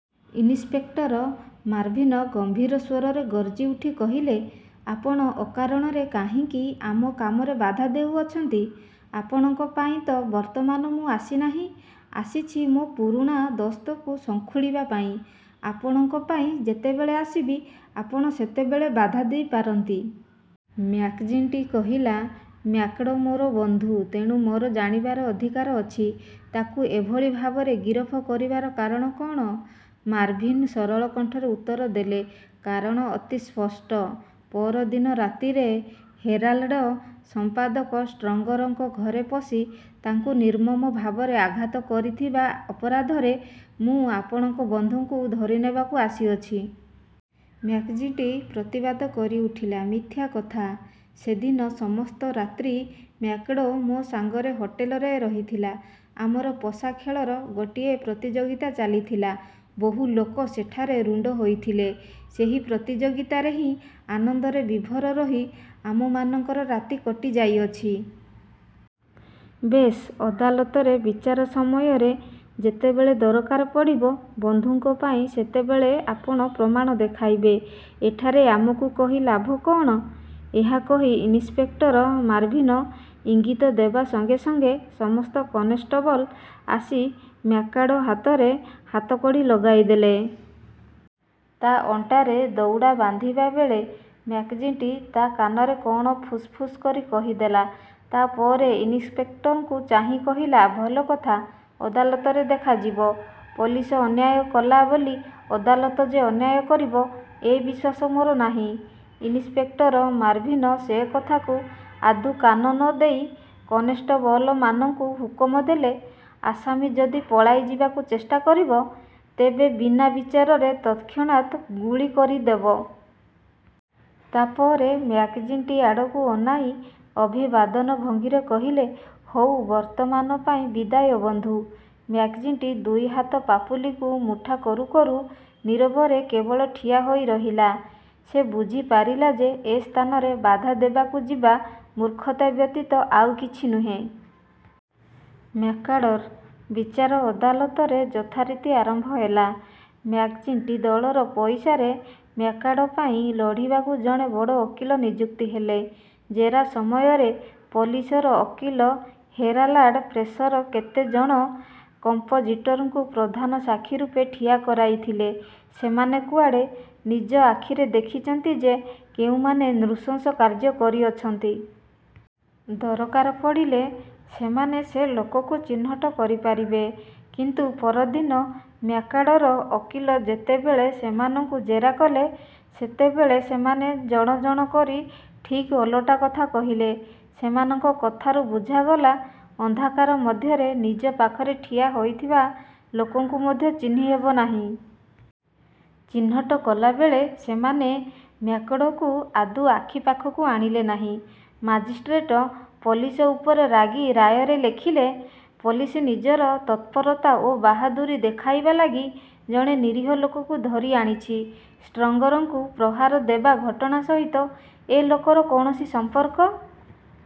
Inspector Marvin ଗମ୍ଭୀର ସ୍ୱରରେ ଗର୍ଜିଉଠି କହିଲେ, ''ଆପଣ ଅକାରଣରେ କାହିଁକି ଆମ କାମରେ ବାଧା ଦେଉଅଛନ୍ତି? ଆପଣଙ୍କ ପାଇଁ ତ ବର୍ତ୍ତମାନ ମୁଁ ଆସି ନାହିଁ। ଆସିଛି ମୋର ପୁରୁଣା ଦୋସ୍ତକୁ ଶଙ୍ଖୁଳିବା ଲାଗି। ଆପଣଙ୍କ ପାଇଁ ଯେତେବେଳେ ଆସିବି, ଆପଣ ସେତେବେଳେ ବାଧା ଦେଇପାରନ୍ତି। '' ମ୍ୟାକ୍ଜିଣ୍ଟି କହିଲା, ''ମ୍ୟାକ୍ମାର୍ଡ଼ୋ ମୋର ବନ୍ଧୁ। ତେଣୁ ମୋର ଜାଣିବାର ଅଧିକାର ଅଛି, ତାକୁ ଏଭଳି ଭାବରେ ଗିରଫ କରିବାର କାରଣ କଅଣ? '' ମାର୍ଭିନ୍ ସରଳ କଣ୍ଠରେ ଉତ୍ତରଦେଲେ, ''କାରଣ ଅତି ସ୍ପଷ୍ଟ। ପଅର ଦିନ ରାତିରେ 'ହେରାଲ୍ଡ଼' ସମ୍ପାଦକ ଷ୍ଟ୍ରଙ୍ଗରଙ୍କ ଘରେ ପଶି ତାଙ୍କୁ ନିର୍ମମ ଭାବରେ ଆଘାତ କରିଥିବା ଅପରାଧରେ ମୁଁ ଆପଣଙ୍କ ବନ୍ଧୁଙ୍କୁ ଧରିନେବାକୁ ଆସିଅଛି। '' ମ୍ୟାକ୍ଜିଣ୍ଟି ପ୍ରତିବାଦ କରିଉଠିଲା, ''ମିଥ୍ୟା କଥା। ସେଦିନ ସମସ୍ତ ରାତ୍ରି ମ୍ୟାକ୍ମାର୍ଡ଼ୋ ମୋ ସାଙ୍ଗରେ ହୋଟେଲରେ ରହିଥିଲା। ଆମର ପଶାଖେଳର ଗୋଟାଏ ପ୍ରତିଯୋଗିତା ଚାଲିଥିଲା। ବହୁ ଲୋକ ସେଠାରେ ରୁଣ୍ଡ ହୋଇଥିଲେ। ସେହି ପ୍ରତିଯୋଗିତାରେ ହିଁ ଆନନ୍ଦରେ ବିଭୋର ରହି ଆମମାନଙ୍କ ରାତି କଟିଯାଇଅଛି। '' ''ବେଶ୍, ଅଦାଲତରେ ବିଚାର ସମୟରେ ଯେତେବଳେ ଦରକାର ପଡ଼ିବ, ବନ୍ଧୁଙ୍କ ପାଇଁ ସେତେବେଳେ ଆପଣ ପ୍ରମାଣ ଦେଖାଇବେ। ଏଠାରେ ଆମକୁ କହି ଲାଭ କଅଣ? '' ଏହା କହି ଇନ୍ସପେକ୍ଟର ମାର୍ଭିନ ଇଙ୍ଗିତ ଦେବା ସଙ୍ଗେସଙ୍ଗେ ସମସ୍ତ କନେଷ୍ଟବଲ୍ ଆସି ମ୍ୟାକ୍ମାର୍ଡ଼ୋ ହାତରେ ହାତକଡ଼ି ଲଗାଇଦେଲେ। ତା ଅଣ୍ଟାରେ ଦଉଡ଼ା ବାନ୍ଧିବା ବେଳେ ମ୍ୟାକ୍ଜିଣ୍ଟି ତା କାନରେ କଅଣ ଫୁସ୍ଫୁସ୍ କରି କହିଦେଲା। ତା ପରେ ଇନ୍ସପେକ୍ଟରଙ୍କୁ ଚାହିଁ କହିଲା, ''ଭଲ କଥା, ଅଦାଲତରେ ଦେଖାଯିବ। ପୋଲିସ ଅନ୍ୟାୟ କଲା ବୋଲି ଅଦାଲତ ଯେ ଅନ୍ୟାୟ କରିବ-ଏ ବିଶ୍ୱାସ ମୋର ନାହିଁ। '' ଇନ୍ସପେକ୍ଟର ମାର୍ଭିନ ସେ କଥାକୁ ଆଦୌ କାନ ନ ଦେଇ କନେଷ୍ଟବଲମାନଙ୍କୁ ହୁକୁମ ଦେଲେ, ''ଆସାମୀ ଯଦି ପଳାଇଯିବାକୁ ଚେଷ୍ଟା କରିବ, ତେବେ ବିନା ବିଚାରରେ ତତ୍କ୍ଷଣାତ୍ ଗୁଳି କରିଦେବ। '' ତା ପରେ ମ୍ୟାକ୍ଜିଣ୍ଟି ଆଡ଼କୁ ଅନାଇ ଅଭିବାଦନ ଭଙ୍ଗୀରେ କହିଲେ, ''ହଉ, ବର୍ତ୍ତମାନ ପାଇଁ ବିଦାୟ, ବନ୍ଧୁ। '' ମ୍ୟାକ୍ଜିଣ୍ଟି ଦୁଇ ହାତ ପାପୁଲିକୁ ମୁଠା କରୁକରୁ ନୀରବରେ କେବଳ ଠିଆହୋଇ ରହିଲା। ସେ ବୁଝିପାରିଲା ଯେ, ଏ ସ୍ଥାନରେ ବାଧା ଦେବାକୁ ଯିବା ମୂର୍ଖତା ବ୍ୟତୀତ ଆଉ କିଛି ନୁହେଁ। ମ୍ୟାକ୍ମାର୍ଡ଼ୋର। ବିଚାର ଅଦାଲତରେ ଯଥାରୀତି ଆରମ୍ଭ ହେଲା। ମ୍ୟାକ୍ଜିଣ୍ଟି ଦଳର ପଇସାରେ ମ୍ୟାକ୍ମାର୍ଡ଼ୋ ପାଇଁ ଲଢ଼ିବାକୁ ଜଣେ ବଡ଼ ଓକିଲ ନିଯୁକ୍ତି ହେଲେ। ଜେରା ସମୟରେ ପୋଲିସର ଓକିଲ 'ହେରାଲାଡ଼୍' ପ୍ରେସର କେତେ ଜଣ କମ୍ପୋଜିଟରଙ୍କୁ ପ୍ରଧାନ ସାକ୍ଷୀରୂପେ ଠିଆକରାଇଥିଲେ। ସେମାନେ କୁଆଡ଼େ ନିଜ ଆଖିରେ ଦେଖିଛନ୍ତି ଯେ, କେଉଁମାନେ ନୃଶଂସ କାର୍ଯ୍ୟ କରିଅଛନ୍ତି। ଦରକାର ପଡ଼ିଲେ, ସେମାନେ ସେ ଲୋକକୁ ଚିହ୍ନୋଟ କରିପାରିବେ। କିନ୍ତୁ ପରଦିନ ମ୍ୟାକ୍ମାର୍ଡ଼ୋର ଓକିଲ ଯେତେବେଳେ ସେମାନଙ୍କୁ ଜେରା କଲେ, ସେତେବେଳେ ସେମାନେ ଜଣ ଜଣ କରି ଠିକ୍ ଓଲଟା କଥା କହିଲେ। ସେମାନଙ୍କ କଥାରୁ ବୁଝାଗଲା, ଅନ୍ଧକାର ମଧ୍ୟରେ ନିଜ ପାଖରେ ଠିଆ ହୋଇଥିବା ଲୋକକୁ ମଧ୍ୟ ଚିହ୍ନିହେବ ନାହିଁ। ଚିହ୍ନୋଟ କଲାବେଳେ ସେମାନେ ମ୍ୟାକ୍ମାର୍ଡ଼ୋକୁ ଆଦୌ ଆଖିପାଖକୁ ଆଣିଲେ ନାହିଁ। ମାଜିଷ୍ଟ୍ରେଟ ପୋଲିସ ଉପରେ ରାଗି ରାୟରେ ଲେଖିଲେ, ''ପୋଲିସ ନିଜର ତତ୍ପରତା ଓ ବାହାଦୂରୀ ଦେଖାଇବା ଲାଗି ଜଣେ ନିରୀହ ଲୋକକୁ ଧରି ଆଣିଛି। ଷ୍ଟ୍ରଙ୍ଗରଙ୍କୁ ପ୍ରହାର ଦେବା ଘଟଣା ସହିତ ଏ ଲୋକର କୌଣସି ସମ୍ପର୍କ